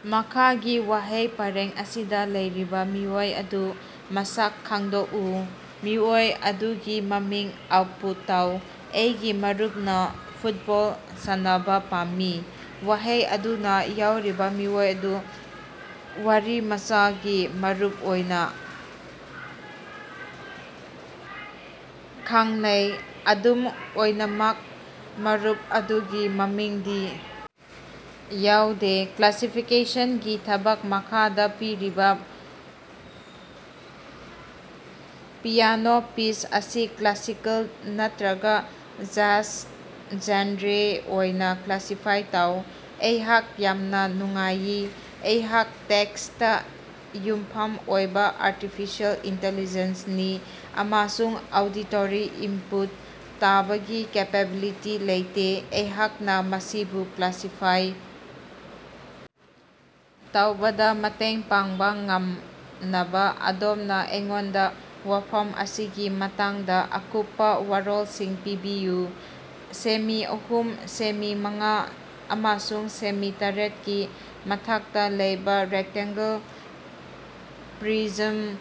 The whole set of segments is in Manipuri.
ꯃꯈꯥꯒꯤ ꯋꯥꯍꯩ ꯄꯔꯦꯡ ꯑꯁꯤꯗꯥ ꯂꯩꯔꯤꯕꯥ ꯃꯤꯑꯣꯏ ꯑꯗꯨ ꯃꯁꯛ ꯈꯪꯗꯣꯛꯎ꯫ ꯃꯤꯑꯣꯏ ꯑꯗꯨꯒꯤ ꯃꯃꯤꯡ ꯑꯥꯎꯠꯄꯨꯠ ꯇꯧ꯫ ꯑꯩꯒꯤ ꯃꯔꯨꯞꯅꯥ ꯐꯨꯠꯕꯣꯜ ꯁꯥꯟꯅꯕꯥ ꯄꯥꯝꯃꯤ꯫ ꯋꯥꯍꯩ ꯑꯗꯨꯅ ꯌꯥꯎꯔꯤꯕꯥ ꯃꯤꯑꯣꯏ ꯑꯗꯨ ꯋꯥꯔꯤꯃꯆꯥꯒꯤ ꯃꯔꯨꯞ ꯑꯣꯏꯅꯥ ꯈꯪꯅꯩ, ꯑꯗꯨꯝ ꯑꯣꯏꯅꯃꯛ ꯃꯔꯨꯞ ꯑꯗꯨꯒꯤ ꯃꯃꯤꯡꯗꯤ ꯌꯥꯎꯗꯦ꯫ ꯀ꯭ꯂꯥꯁꯤꯐꯤꯀꯦꯁꯟꯒꯤ ꯊꯕꯛ ꯃꯈꯥꯗꯥ ꯄꯤꯔꯤꯕꯥ ꯄꯤꯌꯥꯅꯣ ꯄꯤꯁ ꯑꯁꯤ ꯀ꯭ꯂꯥꯁꯤꯀꯦꯜ ꯅꯠꯇ꯭ꯔꯒꯥ ꯖꯦꯖ ꯖꯦꯅꯔ ꯑꯣꯏꯅꯥ ꯀ꯭ꯂꯥꯁꯤꯐꯥꯏ ꯇꯧ꯫ ꯑꯩꯍꯥꯛ ꯌꯥꯝꯅꯥ ꯅꯨꯡꯉꯥꯏꯔꯌꯦ, ꯑꯩꯍꯥꯛ ꯇꯦꯛꯁꯇꯥ ꯌꯨꯝꯐꯝ ꯑꯣꯏꯕꯥ ꯑꯔꯇꯤꯐꯤꯁꯦꯜ ꯏꯟꯇꯤꯂꯤꯖꯦꯟꯁꯅꯤ ꯑꯃꯁꯨꯡ ꯑꯣꯗꯤꯇꯣꯔꯤ ꯏꯟꯄꯨꯠ ꯇꯥꯕꯒꯤ ꯀꯦꯄꯦꯕꯤꯂꯤꯇꯤ ꯂꯩꯇꯦ꯫ ꯑꯩꯍꯥꯛꯅꯥ ꯃꯁꯤꯕꯨ ꯀ꯭ꯂꯥꯁꯤꯐꯥꯏ ꯇꯧꯕꯗꯥ ꯃꯇꯦꯡ ꯄꯥꯡꯕꯥ ꯉꯝꯅꯕꯥ ꯑꯗꯣꯝꯅꯥ ꯑꯩꯉꯣꯟꯗꯥ ꯋꯥꯐꯝ ꯑꯁꯤꯒꯤ ꯃꯇꯥꯡꯗꯥ ꯑꯀꯨꯞꯄꯥ ꯋꯥꯔꯣꯜꯁꯤꯡ ꯄꯤꯕꯤꯌꯨ꯫ ꯁꯦꯃꯤ ꯑꯍꯨꯝ ꯁꯦꯃꯤ ꯃꯉꯥ ꯑꯃꯁꯨꯡ ꯁꯦꯃꯤ ꯇꯔꯦꯠꯒꯤ ꯃꯊꯛꯇꯥ ꯂꯩꯕꯥ ꯔꯦꯛꯇꯦꯡꯒꯜ ꯄ꯭ꯔꯤꯖꯝ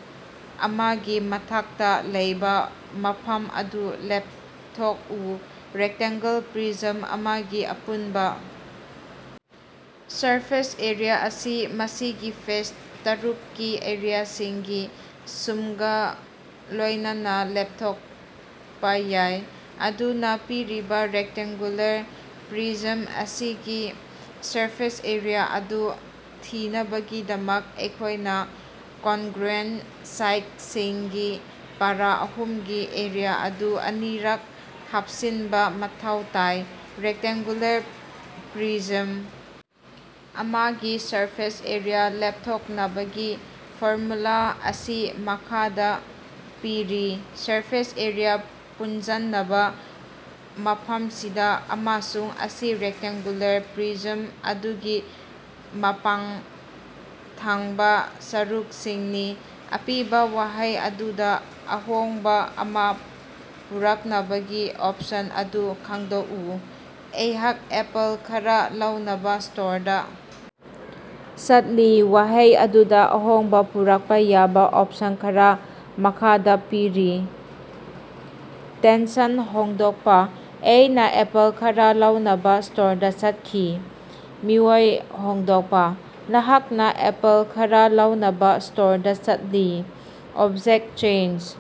ꯑꯃꯒꯤ ꯃꯊꯛꯇꯥ ꯂꯩꯕꯥ ꯃꯐꯝ ꯑꯗꯨ ꯂꯦꯞꯊꯣꯛꯎ꯫ ꯔꯦꯛꯇꯦꯡꯒꯜ ꯄ꯭ꯔꯤꯖꯝ ꯑꯃꯒꯤ ꯑꯄꯨꯟꯕꯥ ꯁꯔꯐꯦꯁ ꯑꯦꯔꯤꯌꯥ ꯑꯁꯤ ꯃꯁꯤꯒꯤ ꯐꯦꯁ ꯇꯥꯔꯨꯛꯀꯤ ꯑꯦꯔꯤꯌꯥꯁꯤꯡꯒꯤ ꯁꯝꯒꯥ ꯂꯣꯏꯅꯅꯥ ꯂꯦꯞꯊꯣꯛꯄꯥ ꯌꯥꯏ꯫ ꯑꯗꯨꯅꯥ, ꯄꯤꯔꯤꯕꯥ ꯔꯦꯛꯇꯦꯡꯒꯨꯂꯔ ꯄ꯭ꯔꯤꯖꯝ ꯑꯁꯤꯒꯤ ꯁꯔꯐꯦꯁ ꯑꯦꯔꯤꯌꯥ ꯑꯗꯨ ꯊꯤꯅꯕꯒꯤꯗꯃꯛ, ꯑꯩꯈꯣꯏꯅꯥ ꯀꯪꯒ꯭ꯔꯨꯌꯦꯟ ꯁꯥꯏꯠꯁꯤꯡꯒꯤ ꯄꯦꯔꯥ ꯑꯍꯨꯝꯒꯤ ꯑꯦꯔꯤꯌꯥ ꯑꯗꯨ ꯑꯅꯤꯔꯛ ꯍꯥꯞꯆꯤꯟꯕꯥ ꯃꯊꯧ ꯇꯥꯏ꯫ ꯔꯦꯛꯇꯦꯡꯒꯨꯂꯔ ꯄ꯭ꯔꯤꯖꯝ ꯑꯃꯒꯤ ꯁꯔꯐꯦꯁ ꯑꯦꯔꯤꯌꯥ ꯂꯦꯞꯊꯣꯛꯅꯕꯒꯤ ꯐꯣꯔꯃꯨꯂꯥ ꯑꯁꯤ ꯃꯈꯥꯗꯥ ꯄꯤꯔꯤ: ꯁꯔꯐꯦꯁ ꯑꯦꯔꯤꯌꯥ ꯄꯨꯟꯖꯟꯅꯕ ꯃꯐꯝꯁꯤꯗꯥ ꯑꯃꯁꯨꯡ ꯑꯁꯤ ꯔꯦꯛꯇꯦꯡꯒꯨꯂꯔ ꯄ꯭ꯔꯤꯖꯝ ꯑꯗꯨꯒꯤ ꯃꯄꯥꯟꯊꯪꯕꯥ ꯁꯔꯨꯛꯁꯤꯡꯅꯤ꯫ ꯑꯄꯤꯕꯥ ꯋꯥꯍꯩ ꯑꯗꯨꯗꯥ ꯑꯍꯣꯡꯕꯥ ꯑꯃꯥ ꯄꯨꯔꯛꯅꯕꯒꯤ ꯑꯣꯞꯁꯟ ꯑꯗꯨ ꯈꯪꯗꯣꯛꯎ꯫ ꯑꯩꯍꯥꯛ ꯑꯦꯄꯜ ꯈꯔꯥ ꯂꯧꯅꯕꯥ ꯁ꯭ꯇꯣꯔꯗꯥ ꯆꯠꯂꯤ꯫ ꯋꯥꯍꯩ ꯑꯗꯨꯗꯥ ꯑꯍꯣꯡꯕꯥ ꯄꯨꯔꯛꯄꯥ ꯌꯥꯕꯥ ꯑꯣꯞꯁꯟ ꯈꯔꯥ ꯃꯈꯥꯗꯥ ꯄꯤꯔꯤ: ꯇꯦꯟꯁꯟ ꯍꯣꯡꯗꯣꯛꯄꯥ: ꯑꯩꯅꯥ ꯑꯦꯄꯜ ꯈꯔꯥ ꯂꯧꯅꯕꯥ ꯁ꯭ꯇꯣꯔꯗꯥ ꯆꯠꯈꯤ꯫ ꯃꯤꯑꯣꯏ ꯍꯣꯡꯗꯣꯛꯄꯥ: ꯅꯍꯥꯛꯅꯥ ꯑꯦꯄꯜ ꯈꯔꯥ ꯂꯧꯅꯕꯥ ꯁ꯭ꯇꯣꯔꯗꯥ ꯆꯠꯂꯤ꯫ ꯑꯣꯕꯖꯦꯛꯇ ꯆꯦꯟꯖ: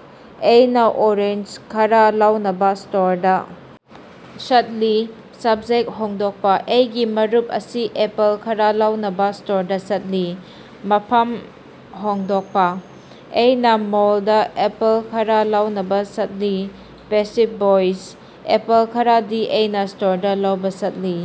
ꯑꯩꯅꯥ ꯑꯣꯔꯦꯟꯖ ꯈꯔꯥ ꯂꯧꯅꯕꯥ ꯁ꯭ꯇꯣꯔꯗꯥ ꯆꯠꯂꯤ꯫ ꯁꯕꯖꯦꯛꯇ ꯍꯣꯡꯗꯣꯛꯄꯥ: ꯑꯩꯒꯤ ꯃꯔꯨꯞ ꯑꯁꯤ ꯑꯦꯄꯜ ꯈꯔꯥ ꯂꯧꯅꯕꯥ ꯁ꯭ꯇꯣꯔꯗꯥ ꯆꯠꯂꯤ꯫ ꯃꯐꯝ ꯍꯣꯡꯗꯣꯛꯄꯥ: ꯑꯩꯅꯥ ꯃꯣꯜꯗꯥ ꯑꯦꯄꯜ ꯈꯔꯥ ꯂꯧꯅꯕꯥ ꯆꯠꯂꯤ꯫ ꯄꯦꯁꯤꯕ ꯚꯣꯏꯁ: ꯑꯦꯄꯜ ꯈꯔꯗꯤ ꯑꯩꯅꯥ ꯁ꯭ꯇꯣꯔꯗꯥ ꯂꯧꯕꯥ ꯆꯠꯂꯤ꯫